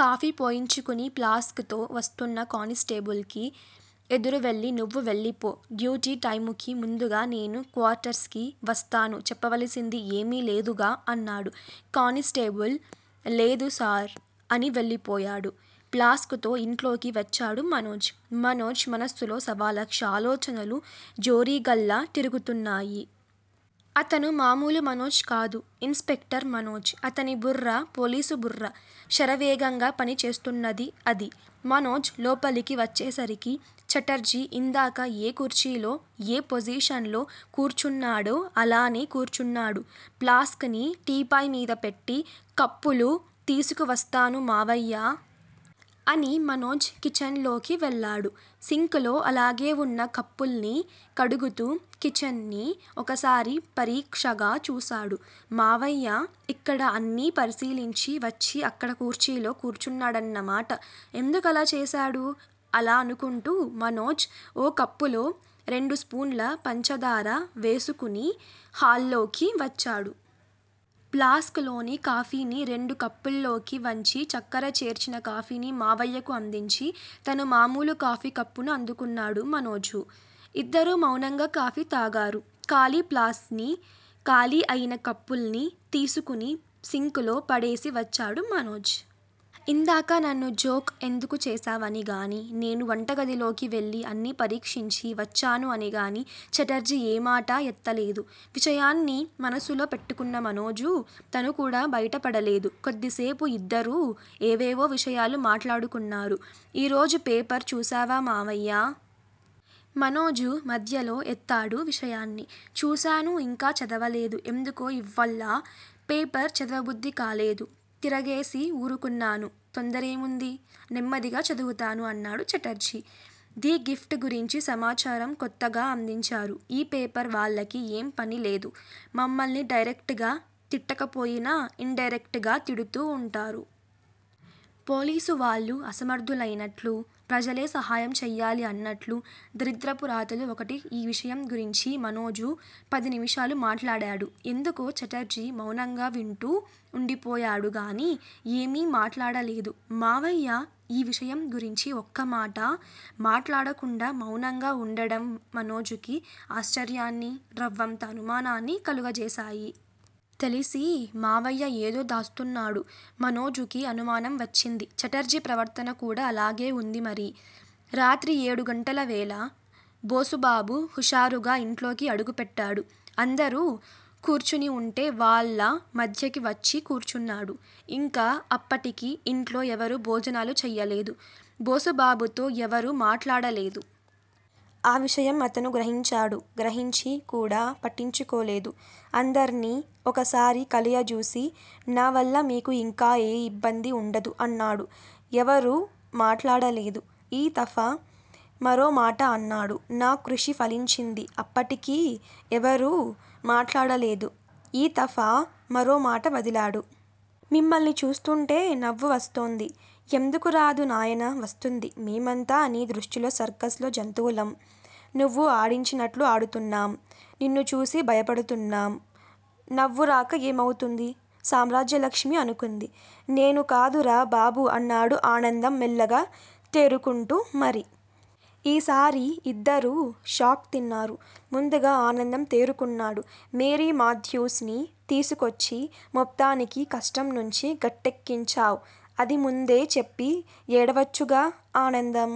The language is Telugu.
కాఫీ పోయించుకుని ప్లాస్క్ తో వస్తున్న కానిస్టేబుల్ కి ఎదురు వెళ్ళి నువ్వు వెళ్ళిపో! డ్యూటీ టైముకి ముందుగా నేను క్వార్టర్స్ కి వస్తాను చెప్పవలసింది ఏమీ లేదుగా అన్నాడు. కానిస్టేబుల్ లేదు సార్! అని వెళ్ళిపోయాడు. ప్లాస్క్ తో ఇంట్లోకి వచ్చాడు మనోజ్. మనోజ్ మనస్సులో సవాలక్ష ఆలోచనలు జోరీగల్లా తిరుగుతున్నాయి. అతను మామూలు మనోజ్ కాదు. Inspector Manoj. అతని బుర్ర పోలీసుబుర్ర. శరవేగంగా పనిచేస్తున్నది అది. మనోజ్ లోపలికి వచ్చేసరికి, ఛటర్జీ ఇందాక ఏ కుర్చీలో, ఏ పొజిషన్ లో కూర్చున్నాడో అలానే కూర్చున్నాడు. ప్లాస్క్ ని టీపాయ్ మీద పెట్టి కప్పులు తీసుకు వస్తాను మావయ్యా! అని మనోజ్ కిచెన్ లోకి వెళ్ళాడు. సింక్ లో అలాగే వున్న కప్పుల్ని కడుగుతూ కిచెన్ ని ఒకసారి పరీక్షగా చూశాడు. మావయ్య ఇక్కడ అన్నీ పరిశీలించి వచ్చి అక్కడ కుర్చీలో కూచున్నాడన్నమాట. ఎందుకలా చేశాడు? అలా అనుకుంటూ మనోజ్ ఓ కప్పులో రెండు స్పూన్ల పంచదార వేసుకుని హాల్లోకి వచ్చాడు. ప్లాస్క్ లోని కాఫీని రెండు కప్పుల్లోకి వంచి చక్కర చేర్చిన కాఫీని మావయ్యకి అందించి, తను మామూలు కాఫీ కప్పుని అందుకున్నాడు మనోజు. ఇద్దరూ మౌనంగా కాఫీ తాగారు. ఖాళీ ప్లాస్ ని, ఖాళీ అయిన కప్పుల్ని తీసుకుని సింక్ లో పడేసి వచ్చాడు మనోజ్. ఇందాక నన్ను జోక్ ఎందుకు చేశావని గాని, నేను వంటగదిలోకి వెళ్ళి అన్ని పరీక్షించి వచ్చాను అని గాని ఛటర్జీ ఏమాటా ఎత్తలేదు. విషయాన్ని మనసులో పెట్టుకున్న మనోజు తను కూడా బయటపడలేదు. కొద్దిసేపు ఇద్దరూ ఏవేవో విషయాలు మాట్లాడుకున్నారు. ఈ రోజు పేపర్ చూశావా మావయ్యా! మనోజు మధ్యలో ఎత్తాడు విషయాన్ని. చూశాను ఇంకా చదవలేదు. ఎందుకో ఇవ్వాళ్ళ పేపర్ చదవబుద్ధికాలేదు. తిరగేసి ఊరుకున్నాను తొందరేముంది? నెమ్మదిగా చదువుతాను అన్నాడు ఛటర్జీ. ది గిఫ్ట్ గురించి సమాచారం కొత్తగా అందించారు. ఈ పేపర్ వాళ్ళకి ఏం పనిలేదు. మమ్మల్ని డైరెక్ట్ గా తిట్టకపోయినా, ఇండైరెక్ట్ గా తిడుతూ వుంటారు. పోలీసు వాళ్లు అసమర్దులైనట్లూ. ప్రజలే సహాయం చెయ్యాలి అన్నట్లు దరిద్రపు రాతలు ఒకటి ఈ విషయం గురించీ మనోజు పది నిముషాలు మాట్లాడాడు. ఎందుకో ఛటర్జీ మౌనంగా వింటూ వుండిపోయాడు గానీ, ఏమీ మాట్లాడలేదు. మావయ్య ఈ విషయం గురించి ఒక్కమాటా మాట్లాడకుండా మౌనంగా వుండడం మనోజుకి ఆశ్చర్యాన్ని రవ్వంత అనుమానాన్ని కలుగజేసాయి. తెలిసీ మావయ్య ఏదో దాస్తున్నాడు. మనోజుకి అనుమానం వచ్చింది. ఛటర్జీ ప్రవర్తన కూడా అలాగే వుంది మరి. రాత్రి ఏడుగంటల వేళ. బోసుబాబు హుషారుగా ఇంట్లోకి అడుగుపెట్టాడు. అందరూ కూర్చునివుంటే వాళ్ళ మధ్యకి వచ్చి కూర్చున్నాడు. ఇంకా అప్పటికి ఇంట్లో ఎవరూ భోజనాలు చెయ్యలేదు. బోసుబాబుతో ఎవరూ మాట్లాడలేదు. ఆ విషయం అతను గ్రహించాడు. గ్రహించి కూడా పట్టించుకోలేదు. అందర్నీ ఒకసారి కలయజూసి నా వల్ల మీకు ఇంకా ఏ ఇబ్బంది ఉండదు! అన్నాడు. ఎవరూ మాట్లాడలేదు. ఈ తఫా మరో మాట అన్నాడు. నా కృషి ఫలించింది! అప్పటికీ ఎవరూ మాట్లాడలేదు. ఈ తఫా మరో మాట వదిలాడు. మిమ్మల్ని చూస్తూంటే నవ్వు వస్తోంది. ఎందుకు రాదు నాయనా! వస్తుంది. మేమంతా నీ దృష్టిలో సర్కస్ లో జంతువులం, నువ్వు ఆడించినట్లు ఆడుతున్నాం. నిన్ను చూసి భయపడుతున్నాం. నవ్వు రాక ఏమవుతుంది సామ్రాజ్యలక్ష్మి అనుకుంది. నేను కాదురా బాబూ అన్నాడు ఆనందం మెల్లగా తేరుకుంటూ. మరి?! ఈసారి ఇద్దరూ షాక్ తిన్నారు. ముందుగా ఆనందం తేరుకున్నాడు. మేరీమాథ్యూస్ ని తీసుకొచ్చి మొత్తానికి కష్టం నుంచి గట్టెక్కించావ్. అది ముందే చెప్పి ఏడవొచ్చుగా? ఆనందం